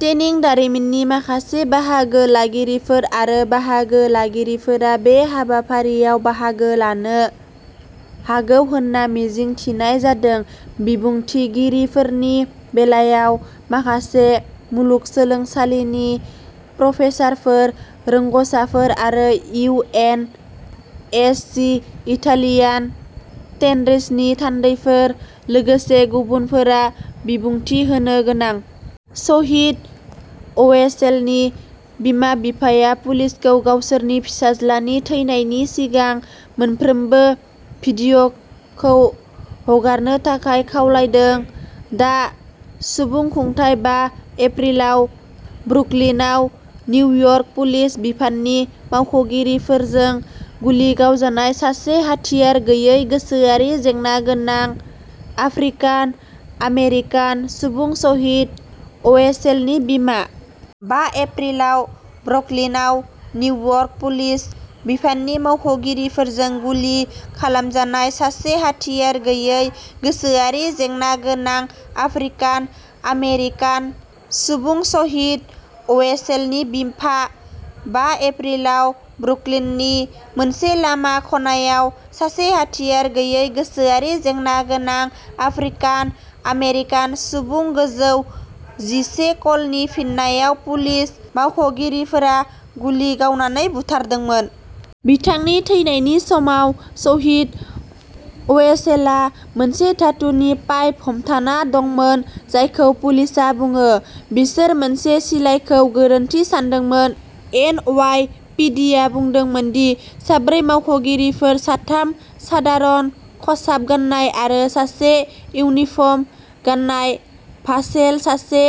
टेनिं दारिमिननि माखासे बाहागो लागिरिफोर आरो बाहागो लागिरिफोरा बे हाबाफारियाव बाहागो लानो हागौ होनना मिजिं थिनाय जादों। बिबुंथिगिरिफोरनि बेलायाव, माखासे मुलुगसोलोंसालिनि प्रफेसारफोर, रोंग'साफोर आरो इउ. एन. आइ. सि.-इटालियान टेनरिसनि थान्दैफोर, लोगोसे गुबुनफोरा बिबुंथि होनो गोनां। शहीद अवेसेलनि बिमा-बिफाया पुलिसखौ गावसोरनि फिसाज्लानि थैनायनि सिगां मोनफ्रोमबो भिडिअखौ हगारनो थाखाय खावलायदों। दा सुबुंखुंथाइ बा एप्रिलाव ब्रुकलिनआव निउयर्क पुलिस बिफाननि मावख'गिरिफोरजों गुलि गावजानाय सासे हाथियार गैयै, गोसोआरि जेंना गोनां आफ्रिकान-आमेरिकान सुबुं शहीद अवेसेलनि बिमा। बा एप्रिलाव ब्रुकलिनआव निउयर्क पुलिस बिफाननि मावख'गिरिफोरजों गुलि खालामजानाय सासे हाथियार गैयै, गोसोआरि जेंना गोनां आफ्रिकान-आमेरिकान सुबुं शहीद अवेसेलनि बिफा। बा एप्रिलाव ब्रुकलिननि मोनसे लामा खनायाव सासे हाथियार गैयै, गोसोआरि जेंना गोनां आफ्रिकान-आमेरिकान सुबुंखौ गुजौ जिसे कलनि फिननायाव पुलिस मावख'गिरिफोरा गुलि गावनानै बुथारदोंमोन। बिथांनि थैनायनि समाव, शहीद अवेसेलआ मोनसे धातुनि पाइप हमथाना दंमोन जायखौ पुलिसआ बुङो। बिसोर मोनसे सिलाइखौ गोरोन्थि सानदोंमोन। एन. अवाइ. पि. दि. आ बुंदोंमोन दि साब्रै मावख'गिरिफोर-साथाम सादारन खसाब गान्नाय आरो सासे इउनिफर्म गाननाय-भासेल, सासे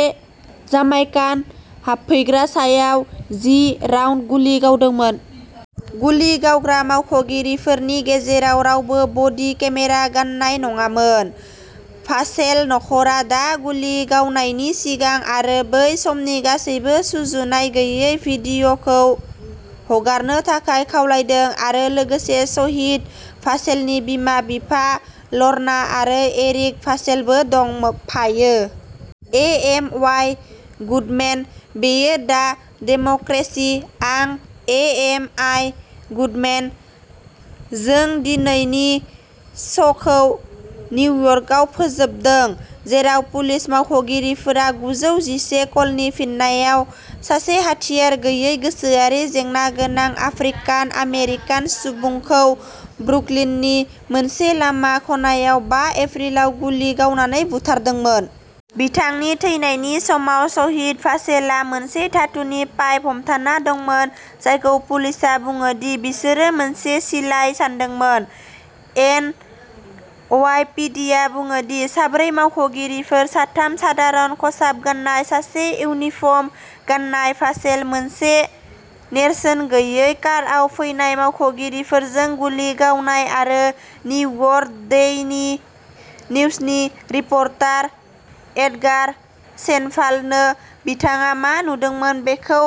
जामाइकान हाबफैग्रा, सायाव जि राउन्ड गुलि गावदोंमोन। गुलि गावग्रा मावख'गिरिफोरनि गेजेराव रावबो बडि केमेरा गाननाय नङामोन। भासेल नखरा दा गुलि गावनायनि सिगां आरो बै समनि गासैबो सुजुनाय गैयै भिडिअखौ हगारनो थाखाय खावलायदों। जों लोगोसे सहिद भासेलनि बिमा-बिफा, ल'रना आरो एरिक भासेलबो दंफायो। ए. एम. अवाइ. गुडमेन बेयो दा डेम'क्रेसि आं ए. एम. आइ. गुडमेन। जों दिनैनि श'खौ निउयर्कआव फोजोबदों, जेराव पुलिस मावख'गिरिफोरा गुजौ जिसे कलनि फिननायाव सासे हाथियार गैयै, गोसोआरि जेंना गोनां आफ्रिकान-आमेरिकान सुबुंखौ ब्रुकलिननि मोनसे लामा खनायाव बा एप्रिलाव गुलि गावनानै बुथारदोंमोन। बिथांनि थैनायनि समाव, सहिद भासेलआ मोनसे धातुनि पाइप हमथाना दंमोन जायखौ पुलिसआ बुङो दि बिसोरो मोनसे सिलाइ सानदोंमोन। एन. अवाइ. पि. दि. आ बुङो दि साब्रै मावख'गिरिफोर-साथाम सादारन खसाब गान्नाय, सासे इउनिफर्म गाननाय-भासेल, मोनसे नेरसोन गैयै कारआव फैनाय मावख'गिरिफोरजों गुलि गावनाय, आरो निउयर्क डेइलि निउजनि रिपर्टार एडगार सेन्ड'भालनो बिथाङा मा नुदोंमोन बेखौ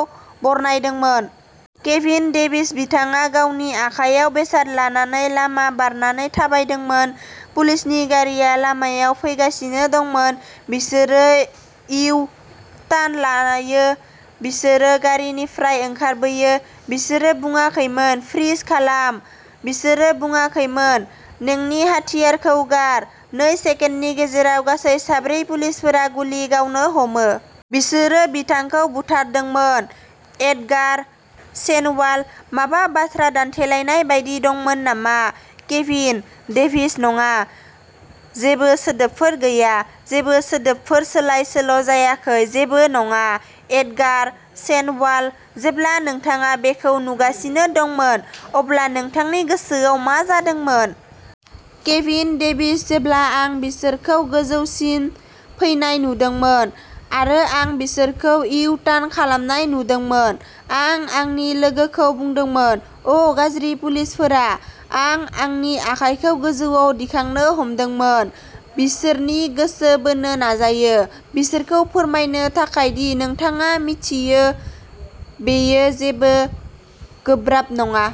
बरनायदोंमोन। केभिन डेभिस बिथाङा गावनि आखायाव बेसाद लानानै लामा बारनानै थाबायदोंमोन। पुलिसनि गारिआ लामायाव फैगासिनो दंमोन। बिसोरो इउ-टार्न लायो बिसोरो गारिनिफ्राय ओंखारबोयो। बिसोरो बुङाखैमोन, "फ्रिज खालाम।" बिसोरो बुङाखैमोन, "नोंनि हाथियारखौ गार।" नै सेकेन्डनि गेजेराव, गासै साब्रै पुलिसफोरा गुलि गावनो हमो। बिसोरो बिथांखौ बुथारदोंमोन। एडगार सेन्ड'वाल माबा बाथ्रा दान्थेलायनाय बायदि दंमोन नामा? केभिन डेभिस नङा, जेबो सोदोबफोर गैया। जेबो सोदोबफोर सोलाय-सोल'जायाखै। जेबो नङा। एडगार सेन्ड'वाल जेब्ला नोंथाङा बेखौ नुगासिनो दंमोन, अब्ला नोंथांनि गोसोआव मा जादोंमोन? केभिन डेभिस जेब्ला आं बिसोरखौ गोजौसिम फैनाय नुदोंमोन आरो आं बिसोरखौ इउ-टार्न खालामनाय नुदोंमोन, आं आंनि लोगोखौ बुंदोंमोन, "अ, गाज्रि पुलिसफोरा" आं आंनि आखाइखौ गोजौआव दिखांनो हमदोंमोन, बिसोरनि गोसो बोनो नाजायो, बिसोरखौ फोरमायनो थाखाय दि, नोंथाङा मिथियो, बेयो जेबो गोब्राब नङा।